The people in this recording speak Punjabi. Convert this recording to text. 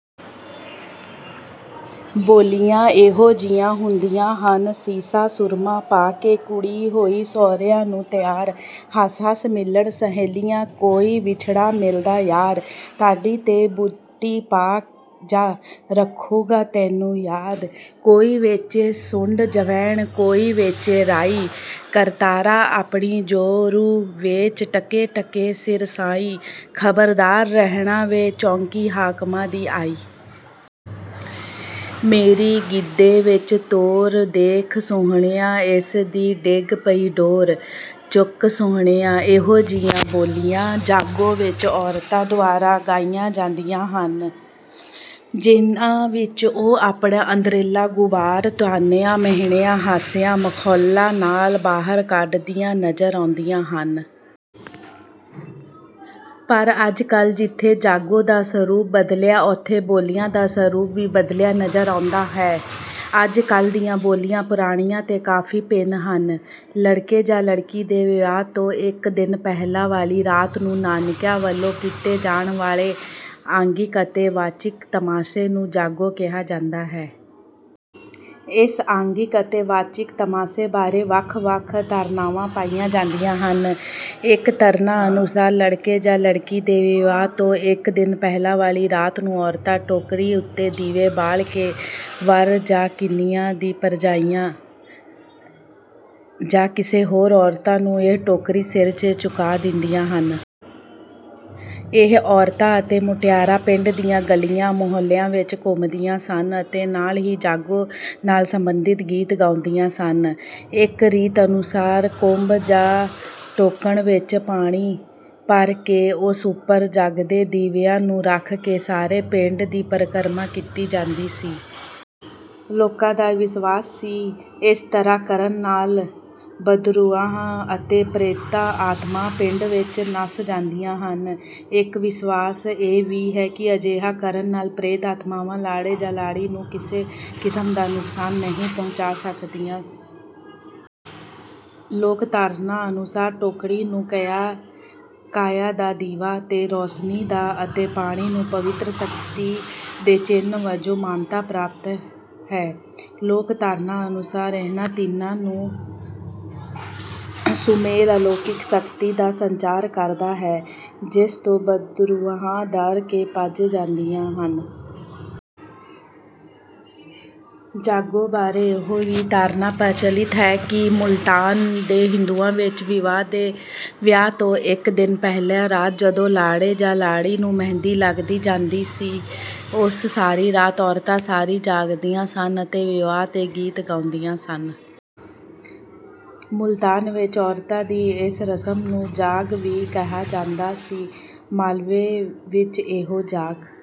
ਬੋਲੀਆਂ ਇਹੋ ਜਿਹੀਆਂ ਹੁੰਦੀਆਂ ਹਨ: ਸ਼ੀਸ਼ਾ ਸੁਰਮਾ ਪਾ ਕੇ ਕੁੜੀ ਹੋਈ ਸਹੁਰਿਆਂ ਨੂੰ ਤਿਆਰ, ਹੱਸ-ਹੱਸ ਮਿਲਣ ਸਹੇਲੀਆਂ, ਕੋਈ ਵਿਛੜਾ ਮਿਲਦਾ ਯਾਰ, ਢਾਠੀ ਤੇ ਬੂਟੀ ਪਾ ਜਾ, ਰੱਖੂੰਗਾ ਤੈਨੂੰ ਯਾਦ। ਕੋਈ ਵੇਚੇ ਸੁੰਢ ਜਵੈਣ, ਕੋਈ ਵੇਚੇ ਰਾਈ, ਕਰਤਾਰਾ ਆਪਣੀ ਜੋਰੂ ਵੇਚੇ, ਟਕੇ-ਟਕੇ ਸਿਰ ਸਾਈ, ਖ਼ਬਰਦਾਰ ਰਹਿਣਾ ਵੇ, ਚੌਂਕੀ ਹਾਕਮਾਂ ਦੀ ਆਈ। ਮੇਰੀ ਗਿੱਧੇ ਵਿੱਚ ਤੋਰ ਦੇਖ ਸੁਹਣਿਆ, ਇਸ ਦੀ ਡਿੱਗ ਪਈ ਡੋਰ, ਚੁੱਕ ਸਹੁਣਿਆ। ਇਹੋ ਜਿਹੀਆਂ ਬੋਲੀਆਂ ਜਾਗੋ ਵਿੱਚ ਔਰਤਾਂ ਦੁਆਰਾ ਗਾਈਆਂ ਜਾਂਦੀਆਂ ਹਨ, ਜਿਹਨਾਂ ਵਿੱਚ ਉਹ ਆਪਣਾ ਅੰਦਰਲਾ ਗ਼ੁਬਾਰ, ਤਾਹਨਿਆਂ, ਮਿਹਣਿਆਂ, ਹਾਸਿਆਂ, ਮਖੌਲਾਂ ਨਾਲ ਬਾਹਰ ਕੱਢਦੀਆਂ ਨਜ਼ਰ ਆਉਂਦੀਆਂ ਹਨ। ਪਰ ਅੱਜ-ਕੱਲ੍ਹ ਜਿੱਥੇ ਜਾਗੋ ਦਾ ਸਰੂਪ ਬਦਲਿਆ, ਉੱਥੇ ਬੋਲੀਆਂ ਦਾ ਸਰੂਪ ਵੀ ਬਦਲਿਆ ਨਜ਼ਰ ਆਉਂਦਾ ਹੈ। ਅੱਜ-ਕੱਲ੍ਹ ਦੀਆਂ ਬੋਲੀਆਂ ਪੁਰਾਣੀਆਂ ਤੋਂ ਕਾਫ਼ੀ ਭਿੰਨ ਹਨ। ਲੜਕੇ ਜਾਂ ਲੜਕੀ ਦੇ ਵਿਆਹ ਤੋਂ ਇੱਕ ਦਿਨ ਪਹਿਲਾਂ ਵਾਲੀ ਰਾਤ ਨੂੰ ਨਾਨਕਿਆਂ ਵੱਲੋਂ ਕੀਤੇ ਜਾਣ ਵਾਲੇ ਆਂਗਿਕ ਅਤੇ ਵਾਚਿਕ ਤਮਾਸ਼ੇ ਨੂੰ ਜਾਗੋ ਕਿਹਾ ਜਾਂਦਾ ਹੈ। ਇਸ ਆਂਗਿਕ ਅਤੇ ਵਾਚਿਕ ਤਮਾਸ਼ੇ ਬਾਰੇ ਵੱਖ-ਵੱਖ ਧਾਰਨਾਵਾਂ ਪਾਈਆਂ ਜਾਂਦੀਆਂ ਹਨ। ਇੱਕ ਧਾਰਨਾ ਅਨੁਸਾਰ ਲੜਕੇ ਜਾਂ ਲੜਕੀ ਦੇ ਵਿਆਹ ਤੋਂ ਇੱਕ ਦਿਨ ਪਹਿਲਾਂ ਵਾਲੀ ਰਾਤ ਨੂੰ ਔਰਤਾਂ ਟੋਕਰੀ ਉੱਤੇ ਦੀਵੇ ਬਾਲ ਕੇ ਵਰ ਜਾਂ ਕੰਨਿਆ ਦੀ ਭਰਜਾਈ ਜਾਂ ਕਿਸੇ ਹੋਰ ਔਰਤ ਨੂੰ ਇਹ ਟੋਕਣੀ ਸਿਰ ਤੇ ਚੁਕਾ ਦਿੰਦੀਆਂ ਸਨ। ਇਹ ਔਰਤਾਂ ਅਤੇ ਮੁਟਿਆਰਾਂ ਪਿੰਡ ਦੀਆਂ ਗਲੀਆਂ ਮੁਹੱਲਿਆਂ ਵਿੱਚ ਘੁੰਮਦੀਆਂ ਸਨ ਅਤੇ ਨਾਲ ਹੀ ਜਾਗੋ ਨਾਲ ਸੰਬੰਧਿਤ ਗੀਤ ਗਾਉਂਦੀਆਂ ਸਨ। ਇੱਕ ਰੀਤ ਅਨੁਸਾਰ ਕੁੰਭ ਜਾਂ ਟੋਕਣ ਵਿੱਚ ਪਾਣੀ ਭਰ ਕੇ ਉਸ ਉੱਪਰ ਜਗਦੇ ਦੀਵਿਆਂ ਨੂੰ ਰੱਖ ਕੇ ਸਾਰੇ ਪਿੰਡ ਦੀ ਪਰਕਰਮਾ ਕੀਤੀ ਜਾਂਦੀ ਸੀ। ਲੋਕਾਂ ਦਾ ਵਿਸ਼ਵਾਸ ਸੀ ਇਸ ਤਰ੍ਹਾਂ ਕਰਨ ਨਾਲ ਬਦਰੂਹਾਂ ਅਤੇ ਪ੍ਰੇਤਾ ਆਤਮਾ ਪਿੰਡ ਵਿੱਚੋਂ ਨੱਸ ਜਾਂਦੀਆਂ ਹਨ। ਇੱਕ ਵਿਸ਼ਵਾਸ ਇਹ ਵੀ ਹੈ ਕਿ ਅਜਿਹਾ ਕਰਨ ਨਾਲ ਪ੍ਰੇਤ ਆਤਮਾਵਾਂ ਲਾੜੇ ਜਾਂ ਲਾੜੀ ਨੂੰ ਕਿਸੇ ਕਿਸਮ ਦਾ ਨੁਕਸਾਨ ਨਹੀਂ ਪਹੁੰਚਾ ਸਕਦੀਆਂ। ਲੋਕ ਧਾਰਨਾ ਅਨੁਸਾਰ ਟੋਕਣੀ ਨੂੰ ਕਾਇਆ ਦਾ, ਦੀਵਾ ਨੂੰ ਰੌਸ਼ਨੀ ਦਾ ਅਤੇ ਪਾਣੀ ਨੂੰ ਪਵਿੱਤਰ ਸ਼ਕਤੀ ਦੇ ਚਿੰਨ੍ਹ ਵਜੋਂ ਮਾਨਤਾ ਪ੍ਰਾਪਤ ਹੈ। ਲੋਕ ਧਾਰਨਾ ਅਨੁਸਾਰ ਇਹਨਾਂ ਤਿੰਨਾਂ ਨੂੰ ਸੁਮੇਲ ਅਲੌਕਿਕ ਸ਼ਕਤੀ ਦਾ ਸੰਚਾਰ ਕਰਦਾ ਹੈ, ਜਿਸ ਤੋਂ ਬਦਰੂਹਾਂ ਡਰ ਕੇ ਭੱਜ ਜਾਂਦੀਆਂ ਹਨ। ਜਾਗੋ ਬਾਰੇ ਇਹ ਵੀ ਧਾਰਨਾ ਪ੍ਰਚੱਲਿਤ ਹੈ ਕਿ ਮੁਲਤਾਨ ਦੇ ਹਿੰਦੂਆਂ ਵਿੱਚ ਵਿਆਹ ਤੋਂ ਇੱਕ ਦਿਨ ਪਹਿਲੀ ਰਾਤ ਜਦੋਂ ਲਾੜੇ ਜਾਂ ਲਾੜੀ ਨੂੰ ਮਹਿੰਦੀ ਲਗਦੀ ਜਾਂਦੀ ਸੀ, ਉਸ ਸਾਰੀ ਰਾਤ ਔਰਤਾਂ ਸਾਰੀ ਜਾਗਦੀਆਂ ਸਨ ਅਤੇ ਵਿਆਹ ਦੇ ਗੀਤ ਗਾਉਂਦੀਆਂ ਸਨ। ਮੁਲਤਾਨ ਵਿੱਚ ਔਰਤਾਂ ਦੀ ਇਸ ਰਸਮ ਨੂੰ 'ਜਾਗ' ਵੀ ਕਿਹਾ ਜਾਂਦਾ ਸੀ। ਮਾਲਵੇ ਵਿੱਚ ਇਹੋ ਜਾਗ